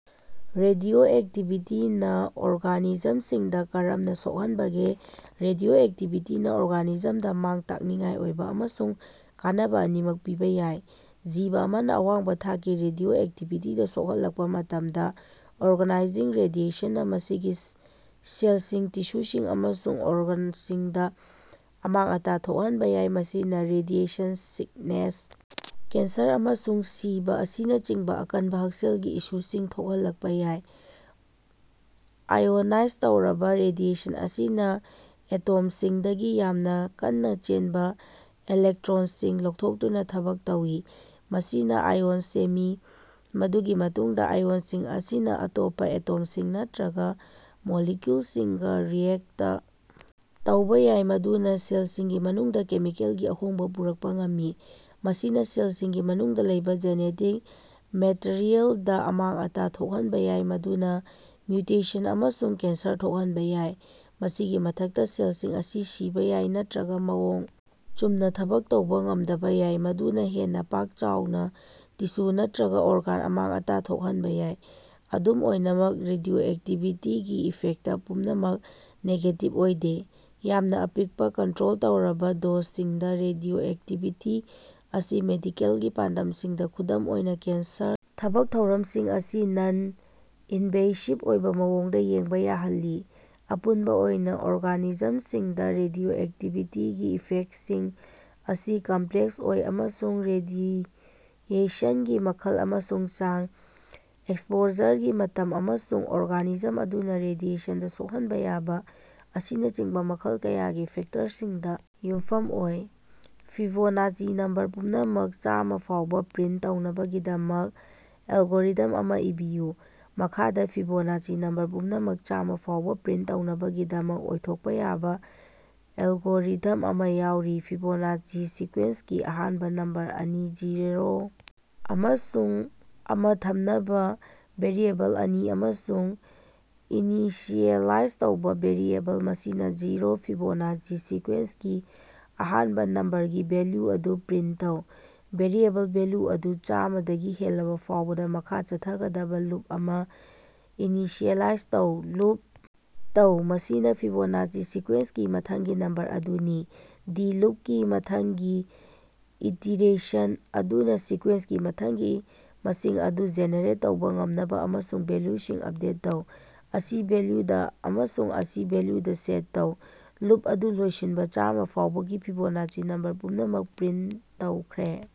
ꯔꯦꯗꯤꯑꯣꯑꯦꯛꯇꯤꯚꯤꯇꯤꯅ ꯑꯣꯔꯒꯥꯅꯤꯖꯝꯁꯤꯡꯗ ꯀꯔꯝꯅ ꯁꯣꯛꯍꯟꯕꯒꯦ? ꯔꯦꯗꯤꯑꯣꯑꯦꯛꯇꯤꯚꯤꯇꯤꯅ ꯑꯣꯔꯒꯥꯅꯤꯖꯝꯁꯤꯡꯗ ꯃꯥꯡ-ꯇꯥꯛꯅꯤꯡꯉꯥꯏ ꯑꯣꯏꯕ ꯑꯃꯁꯨꯡ ꯀꯥꯟꯅꯕ ꯑꯅꯤꯃꯛ ꯄꯤꯕ ꯌꯥꯏ꯫ ꯖꯤꯕ ꯑꯃꯅ ꯑꯋꯥꯡꯕ ꯊꯥꯛꯀꯤ ꯔꯦꯗꯤꯑꯣꯑꯦꯛꯇꯤꯚꯤꯇꯤꯗ ꯁꯣꯛꯍꯜꯂꯛꯄ ꯃꯇꯝꯗ, ꯑꯥꯏꯑꯣꯅꯥꯏꯖꯤꯡ ꯔꯦꯗꯤꯑꯦꯁꯟꯅ ꯃꯁꯤꯒꯤ ꯁꯦꯜꯁꯤꯡ, ꯇꯤꯁꯨꯁꯤꯡ ꯑꯃꯁꯨꯡ ꯑꯣꯔꯒꯥꯟꯁꯤꯡꯗ ꯑꯃꯥꯡ-ꯑꯇꯥ ꯊꯣꯛꯍꯟꯕ ꯌꯥꯏ꯫ ꯃꯁꯤꯅ ꯔꯦꯗꯤꯑꯦꯁꯟ ꯁꯤꯛꯅꯦꯁ, ꯀꯦꯟꯁꯔ, ꯑꯃꯁꯨꯡ ꯁꯤꯕ ꯑꯁꯤꯅꯆꯤꯡꯕ ꯑꯀꯟꯕ ꯍꯛꯁꯦꯜꯒꯤ ꯏꯁꯨꯁꯤꯡ ꯊꯣꯛꯍꯜꯂꯛꯄ ꯌꯥꯏ꯫ ꯑꯥꯏꯑꯣꯅꯥꯏꯖ ꯇꯧꯔꯕ ꯔꯦꯗꯤꯑꯦꯁꯟ ꯑꯁꯤꯅ ꯑꯦꯇꯣꯝꯁꯤꯡꯗꯒꯤ ꯌꯥꯝꯅ ꯀꯟꯅ‌ ꯆꯦꯟꯕ ꯏꯂꯦꯛꯇ꯭ꯔꯣꯟꯁꯤꯡ ꯂꯧꯊꯣꯛꯇꯨꯅ ꯊꯕꯛ ꯇꯧꯏ, ꯃꯁꯤꯅ ꯑꯥꯏꯑꯣꯟ ꯁꯦꯝꯃꯤ꯫ ꯃꯗꯨꯒꯤ ꯃꯇꯨꯡꯗ ꯑꯥꯏꯑꯣꯟꯁꯤꯡ ꯑꯁꯤꯅ ꯑꯇꯣꯞꯄ ꯑꯦꯇꯣꯝꯁꯤꯡ ꯅꯠꯇꯔꯒ ꯃꯣꯂꯤꯀ꯭ꯌꯨꯜꯁꯤꯡꯒ ꯔꯤꯑꯦꯛꯇ ꯇꯧꯕ ꯌꯥꯏ, ꯃꯗꯨꯅ ꯁꯦꯜꯁꯤꯡꯒꯤ ꯃꯅꯨꯡꯗ ꯀꯦꯃꯤꯀꯦꯜꯒꯤ ꯑꯍꯣꯡꯕ ꯄꯨꯔꯛꯄ ꯉꯝꯃꯤ꯫ ꯃꯁꯤꯅ ꯁꯦꯜꯁꯤꯡꯒꯤ ꯃꯅꯨꯡꯗ ꯂꯩꯕ ꯖꯦꯅꯦꯇꯤꯛ ꯃꯦꯇꯥꯔꯤꯑꯦꯜ ꯗꯥ ꯑꯃꯥꯡ-ꯑꯇꯥ ꯊꯣꯛꯍꯟꯕ ꯌꯥꯏ, ꯃꯗꯨꯅꯥ ꯃ꯭ꯌꯨꯇꯦꯁꯟ ꯑꯃꯁꯨꯡ ꯀꯦꯟꯁꯔ ꯊꯣꯛꯍꯟꯕ ꯌꯥꯏ꯫ ꯃꯁꯤꯒꯤ ꯃꯊꯛꯇ, ꯁꯦꯜꯁꯤꯡ ꯑꯁꯤ ꯁꯤꯕꯥ ꯌꯥꯏ ꯅꯠꯇꯔꯒ ꯃꯑꯣꯡ ꯆꯨꯝꯅ ꯊꯕꯛ ꯇꯧꯕ ꯉꯝꯗꯕ ꯌꯥꯏ, ꯃꯗꯨꯅ ꯍꯦꯟꯅ ꯄꯥꯛ-ꯆꯥꯎꯅ ꯇꯤꯁꯨ ꯅꯠꯇꯔꯒ ꯑꯣꯔꯒꯥꯟ ꯑꯃꯥꯡ-ꯑꯇꯥ ꯊꯣꯛꯍꯟꯕ ꯌꯥꯏ꯫ ꯑꯗꯨꯝ ꯑꯣꯏꯅꯃꯛ, ꯔꯦꯗꯤꯑꯣꯑꯦꯛꯇꯤꯚꯤꯇꯤꯒꯤ ꯏꯐꯦꯛꯇ ꯄꯨꯝꯅꯃꯛ ꯅꯦꯒꯦꯇꯤꯚ ꯑꯣꯏꯗꯦ꯫ ꯌꯥꯝꯅ ꯑꯄꯤꯛꯄ, ꯀꯟꯇꯔꯣꯜ ꯇꯧꯔꯕ ꯗꯣꯖꯁꯤꯡꯗ, ꯔꯦꯗꯤꯑꯣꯑꯦꯛꯇꯤꯚꯤꯇꯤ ꯑꯁꯤ ꯃꯦꯗꯤꯀꯦꯜꯒꯤ ꯄꯥꯟꯗꯝꯁꯤꯡꯗ, ꯈꯨꯗꯝ ꯑꯣꯏꯅ ꯀꯦꯟꯁꯔ ꯊꯕꯛ ꯊꯧꯔꯝꯁꯤꯡ ꯑꯁꯤ ꯅꯟ-ꯏꯟꯚꯦꯁꯤꯕ ꯑꯣꯏꯕ ꯃꯑꯣꯡꯗ ꯌꯦꯡꯕ ꯌꯥꯍꯜꯂꯤ꯫ ꯑꯄꯨꯟꯕ ꯑꯣꯏꯅ, ꯑꯣꯔꯒꯥꯅꯤꯖꯝꯁꯤꯡꯗ ꯔꯦꯗꯤꯑꯣꯑꯦꯛꯇꯤꯚꯤꯇꯤꯒꯤ ꯏꯐꯦꯛꯇꯁꯤꯡ ꯑꯁꯤ ꯀꯝꯄ꯭ꯂꯦꯛꯁ ꯑꯣꯏ, ꯑꯃꯁꯨꯡ ꯔꯦꯗꯤꯑꯦꯁꯟꯒꯤ ꯃꯈꯜ ꯑꯃꯁꯨꯡ ꯆꯥꯡ, ꯑꯦꯛꯁꯄꯣꯖꯔꯒꯤ ꯃꯇꯝ, ꯑꯃꯁꯨꯡ ꯑꯣꯔꯒꯥꯅꯤꯖꯝ ꯑꯗꯨꯅ ꯔꯦꯗꯤꯑꯦꯁꯟꯗ ꯁꯣꯛꯍꯟꯕ ꯌꯥꯕ ꯑꯁꯤꯅꯆꯤꯡꯕ‌ ꯃꯈꯜ ꯀꯌꯥꯒꯤ ꯐꯦꯛꯇꯔꯁꯤꯡꯗ ꯌꯨꯝꯐꯝ ꯑꯣꯏ꯫ ꯐꯤꯕꯣꯅꯥꯆꯤ ꯅꯝꯕꯔ ꯄꯨꯝꯅꯃꯛ ꯆꯥꯝꯃꯥ ꯐꯥꯎꯕ ꯄ꯭ꯔꯤꯟꯇ ꯇꯧꯅꯕꯒꯤꯗꯃꯛ ꯑꯦꯜꯒꯣꯔꯤꯊꯝ ꯑꯃ ꯏꯕꯤꯌꯨ꯫ ꯃꯈꯥꯗ ꯐꯤꯕꯣꯅꯥꯆꯤ ꯅꯝꯕꯔ ꯄꯨꯝꯅꯃꯛ ꯆꯥꯝꯃꯥ ꯐꯥꯎꯕ‌ ꯄ꯭ꯔꯤꯟꯇ ꯇꯧꯅꯕꯒꯤꯗꯃꯛ ꯑꯣꯏꯊꯣꯛꯄ ꯌꯥꯕ ꯑꯦꯜꯒꯣꯔꯤꯊꯝ ꯑꯃ ꯌꯥꯎꯔꯤ - ꯐꯤꯕꯣꯅꯥꯆꯤ ꯁꯤꯀ꯭ꯋꯦꯟꯁꯀꯤ ꯑꯍꯥꯟꯕ ꯅꯝꯕꯔ ꯑꯅꯤ, ꯖꯩꯔꯦ ꯑꯃꯁꯨꯡ ꯑꯃ ꯊꯝꯅꯕ‌ ꯚꯦꯔꯤꯑꯦꯕꯜ ꯑꯅꯤ, ꯑꯃꯁꯨꯡ, ꯏꯅꯤꯁꯤꯑꯦꯂꯥꯏꯖ ꯇꯧꯕ ꯚꯦꯔꯤꯑꯦꯕꯜ, ꯃꯁꯤꯅ‌ ꯖꯩꯔꯣ, ꯐꯤꯕꯣꯅꯥꯆꯤ ꯁꯤꯀ꯭ꯋꯦꯟꯁꯀꯤ ꯑꯍꯥꯟꯕ ꯅꯝꯕꯔ ꯒꯤ ꯚꯦꯂ꯭ꯌꯨ ꯑꯗꯨ ꯄ꯭ꯔꯤꯟꯇ ꯇꯧ꯫ ꯚꯦꯔꯤꯑꯦꯕꯜ ꯚꯦꯂ꯭ꯌꯨ ꯑꯗꯨ ꯆꯥꯝꯃꯥꯗꯒꯤ ꯍꯦꯜꯂꯕ ꯐꯥꯎꯕꯗ ꯃꯈꯥ ꯆꯠꯊꯒꯗꯕ ꯂꯨꯞ ꯑꯃ ꯏꯅꯤꯁꯤꯑꯦꯂꯥꯏꯖ ꯇꯧ ꯂꯨꯞ ꯇꯧ, ꯃꯁꯤꯅ ꯐꯤꯕꯣꯅꯥꯆꯤ ꯁꯤꯀ꯭ꯋꯦꯟꯁꯀꯤ ꯃꯊꯪꯒꯤ ꯅꯝꯕꯔ ꯑꯗꯨꯅꯤ꯫ ꯗꯤ ꯂꯨꯞꯀꯤ ꯃꯊꯪꯒꯤ ꯏꯇꯤꯔꯦꯁꯟ ꯑꯗꯨꯅ ꯁꯤꯀ꯭ꯋꯦꯟꯁꯀꯤ ꯃꯊꯪꯒꯤ ꯃꯁꯤꯡ ꯑꯗꯨ ꯖꯦꯅꯦꯔꯦꯠ ꯇꯧꯕ‌ ꯉꯝꯅꯕ ꯑꯃꯁꯨꯡ ꯚꯦꯂ꯭ꯌꯨꯁꯤꯡ ꯑꯞꯗꯦꯠ ꯇꯧ꯫ ꯑꯁꯤ ꯚꯦꯂ꯭ꯌꯨꯗ ꯑꯃꯁꯨꯡ ꯑꯁꯤ ꯚꯦꯂ꯭ꯌꯨꯗ ꯁꯦꯠ ꯇꯧ꯫ ꯂꯨꯞ ꯑꯗꯨ ꯂꯣꯏꯁꯤꯟꯕ - ꯆꯥꯝꯃꯥ ꯐꯥꯎꯕꯒꯤ ꯐꯤꯕꯣꯅꯥꯆꯤ ꯅꯝꯕꯔ ꯄꯨꯝꯅꯃꯛ ꯄ꯭ꯔꯤꯟꯇ ꯇꯧꯈ꯭ꯔꯦ꯫